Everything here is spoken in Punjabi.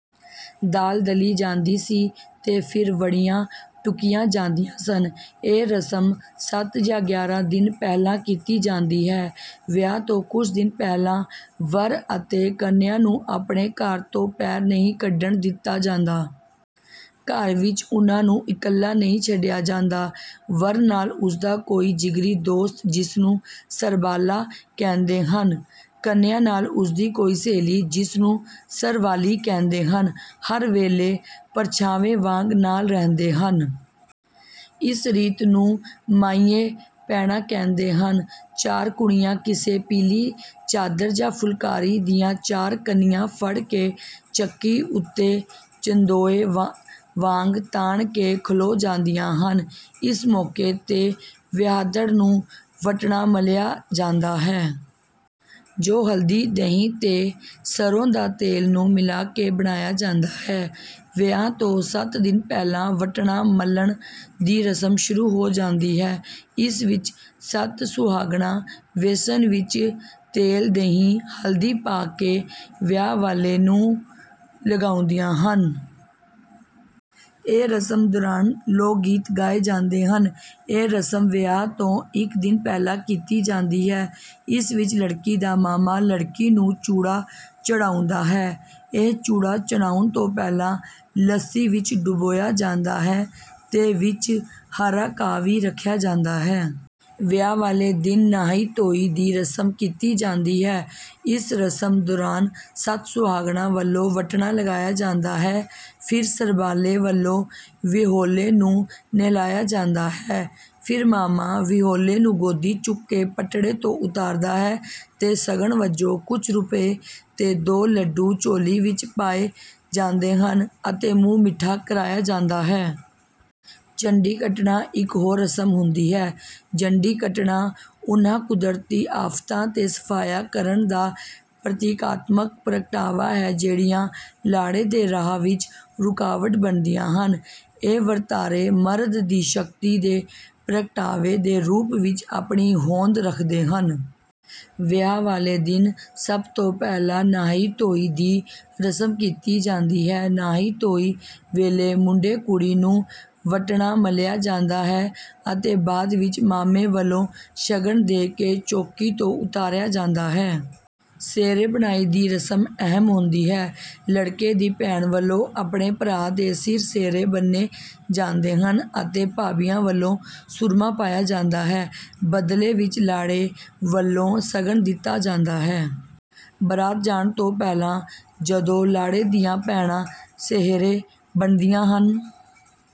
ਦਾਲ ਦਲੀ ਜਾਂਦੀ ਸੀ ਤੇ ਫਿਰ ਵੜੀਆਂ ਟੁੱਕੀਆਂ ਜਾਂਦੀਆਂ ਸਨ। ਇਹ ਰਸਮ ਸੱਤ ਜਾਂ ਗਿਆਰਾਂ ਦਿਨ ਪਹਿਲਾਂ ਕੀਤੀ ਜਾਂਦੀ ਹੈ। ਵਿਆਹ ਤੋਂ ਕੁਝ ਦਿਨ ਪਹਿਲਾਂ ਵਰ ਅਤੇ ਕੰਨਿਆ ਨੂੰ ਆਪਣੇ ਘਰ ਤੋਂ ਪੈਰ ਨਹੀਂ ਕੱਢਣ ਦਿੱਤਾ ਜਾਂਦਾ। ਘਰ ਵਿੱਚ ਉਹਨਾਂ ਨੂੰ ਇਕੱਲਾ ਨਹੀਂ ਛੱਡਿਆ ਜਾਂਦਾ। ਵਰ ਨਾਲ ਉਸਦਾ ਕੋਈ ਜਿਗਰੀ ਦੋਸਤ ਜਿਸਨੂੰ ਸਰਬਾਲਾ ਕਹਿੰਦੇ ਹਨ। ਕੰਨਿਆ ਨਾਲ ਉਸਦੀ ਕੋਈ ਸਹੇਲੀ ਜਿਸਨੂੰ ਸਰਵਾਲੀ ਕਹਿੰਦੇ ਹਨ। ਹਰ ਵੇਲੇ ਪਰਛਾਵੇ ਵਾਂਗ ਨਾਲ ਰਹਿੰਦੇ ਹਨ। ਇਸ ਰੀਤ ਨੂੰ ਮਾਈਏ ਪੈਣਾ ਕਹਿੰਦੇ ਹਨ। ਚਾਰ ਕੁੜੀਆਂ ਕਿਸੇ ਪੀਲੀ ਚਾਦਰ ਜਾਂ ਫੁਲਕਾਰੀ ਦੀਆਂ ਚਾਰ ਕੰਨੀਆਂ ਫੜ ਕੇ ਚੱਕੀ ਉੱਤੇ ਚੰਦੋਏ ਵਾਂਗ ਤਾਣ ਕੇ ਖਲੋ ਜਾਂਦੀਆਂ ਹਨ। ਇਸ ਮੌਕੇ ਤੇ ਵਿਆਹਦੜ ਨੂੰ ਵਟਣਾ ਮਲਿਆ ਜਾਂਦਾ ਹੈ। ਜੋ ਹਲਦੀ ਦਹੀ ਤੇ ਸਰੋਂ ਦਾ ਤੇਲ ਨੂੰ ਮਿਲਾ ਕੇ ਬਣਾਇਆ ਜਾਂਦਾ ਹੈ। ਵਿਆਹ ਤੋਂ ਸੱਤ ਦਿਨ ਪਹਿਲਾਂ ਵੱਟਣਾ ਮਲਣ ਦੀ ਰਸਮ ਸ਼ੁਰੂ ਹੋ ਜਾਂਦੀ ਹੈ। ਇਸ ਵਿੱਚ ਸੱਤ ਸੁਹਾਗਣਾਂ ਵੈਸਣ ਵਿੱਚ ਤੇਲ ਦਹੀ ਹਲਦੀ ਪਾ ਕੇ ਵਿਆਹ ਵਾਲੇ ਨੂੰ ਲਗਾਉਂਦੀਆਂ ਹਨ। ਇਹ ਰਸਮ ਦੌਰਾਨ ਲੋਕ ਗੀਤ ਗਾਏ ਜਾਂਦੇ ਹਨ। ਇਹ ਰਸਮ ਵਿਆਹ ਤੋਂ ਇੱਕ ਦਿਨ ਪਹਿਲਾਂ ਕੀਤੀ ਜਾਂਦੀ ਹੈ। ਇਸ ਵਿੱਚ ਲੜਕੀ ਦਾ ਮਾਮਾ ਲੜਕੀ ਨੂੰ ਚੂੜਾ ਚੜਾਉਂਦਾ ਹੈ। ਇਹ ਚੂੜਾ ਚੜਾਉਣ ਤੋਂ ਪਹਿਲਾਂ ਲੱਸੀ ਵਿੱਚ ਡੁਬੋਇਆ ਜਾਂਦਾ ਹੈ ਤੇ ਵਿੱਚ ਹਰਾ ਘਾਹ ਵੀ ਰੱਖਿਆ ਜਾਂਦਾ ਹੈ। ਵਿਆਹ ਵਾਲੇ ਦਿਨ ਨਹਾਈ ਧੋਈ ਦੀ ਰਸਮ ਕੀਤੀ ਜਾਂਦੀ ਹੈ। ਇਸ ਰਸਮ ਦੌਰਾਨ ਸੱਤ ਸੁਹਾਗਣਾਂ ਵੱਲੋਂ ਵੱਟਣਾ ਲਗਾਇਆ ਜਾਂਦਾ ਹੈ ਫਿਰ ਸਰਬਾਲੇ ਵੱਲੋਂ ਵਿਹੋਲੇ ਨੂੰ ਨਹਲਾਇਆ ਜਾਂਦਾ ਹੈ। ਫਿਰ ਮਾਮਾ ਵਿਹੋਲੇ ਨੂੰ ਗੋਦੀ ਚੁੱਕ ਕੇ ਪਟੜੇ ਤੋਂ ਉਤਾਰਦਾ ਹੈ ਤੇ ਸ਼ਗਨ ਵਜੋਂ ਕੁੱਝ ਰੁਪਏ ਤੇ ਦੋ ਲੱਡੂ ਝੋਲੀ ਵਿੱਚ ਪਾਏ ਜਾਂਦੇ ਹਨ ਅਤੇ ਮੂੰਹ ਮਿੱਠਾ ਕਰਾਇਆ ਜਾਂਦਾ ਹੈ। ਜੰਡੀ ਕੱਟਣਾ ਇੱਕ ਹੋਰ ਰਸਮ ਹੁੰਦੀ ਹੈ। ਜੰਡੀ ਕੱਟਣਾ ਉਹਨਾਂ ਕੁਦਰਤੀ ਆਫਤਾਂ ਦੇ ਸਫਾਇਆ ਕਰਨ ਦਾ ਪ੍ਰਤੀਕਾਤਮਕ ਪ੍ਰਗਟਾਵਾ ਹੈ ਜਿਹੜੀਆਂ ਲਾੜੇ ਦੇ ਰਾਹ ਵਿੱਚ ਰੁਕਾਵਟ ਬਣਦੀਆਂ ਹਨ। ਇਹ ਵਰਤਾਰੇ ਮਰਦ ਦੀ ਸ਼ਕਤੀ ਦੇ ਪ੍ਰਗਟਾਵੇ ਦੇ ਰੂਪ ਵਿੱਚ ਆਪਣੀ ਹੋਂਦ ਰੱਖਦੇ ਹਨ। ਵਿਆਹ ਵਾਲੇ ਦਿਨ ਸਭ ਤੋਂ ਪਹਿਲਾਂ ਨਹਾਈ ਧੋਈ ਦੀ ਰਸਮ ਕੀਤੀ ਜਾਂਦੀ ਹੈ। ਨਹਾਈ ਧੋਈ ਵੇਲੇ ਮੁੰਡੇ ਕੁੜੀ ਨੂੰ ਵਟਣਾ ਮਲਿਆ ਜਾਂਦਾ ਹੈ ਅਤੇ ਬਾਅਦ ਵਿੱਚ ਮਾਮੇ ਵੱਲੋਂ ਸ਼ਗਨ ਦੇ ਕੇ ਚੌਂਕੀ ਤੋਂ ਉਤਾਰਿਆ ਜਾਂਦਾ ਹੈ। ਸਿਹਰੇ ਬੰਨ੍ਹਾਈ ਦੀ ਰਸਮ ਅਹਿਮ ਹੁੰਦੀ ਹੈ। ਲੜਕੇ ਦੀ ਭੈਣ ਵੱਲੋਂ ਆਪਣੇ ਭਰਾ ਦੇ ਸਿਰ ਸਿਹਰੇ ਬੰਨ੍ਹੇ ਜਾਂਦੇ ਹਨ ਅਤੇ ਭਾਬੀਆਂ ਵੱਲੋਂ ਸੁਰਮਾ ਪਾਇਆ ਜਾਂਦਾ ਹੈ। ਬਦਲੇ ਵਿੱਚ ਲਾੜੇ ਵੱਲੋਂ ਸ਼ਗਨ ਦਿੱਤਾ ਜਾਂਦਾ ਹੈ। ਬਰਾਤ ਜਾਣ ਤੋਂ ਪਹਿਲਾਂ ਜਦੋਂ ਲਾੜੇ ਦੀਆਂ ਭੈਣਾਂ ਸਿਹਰੇ ਬੰਨ੍ਹਦੀਆਂ ਹਨ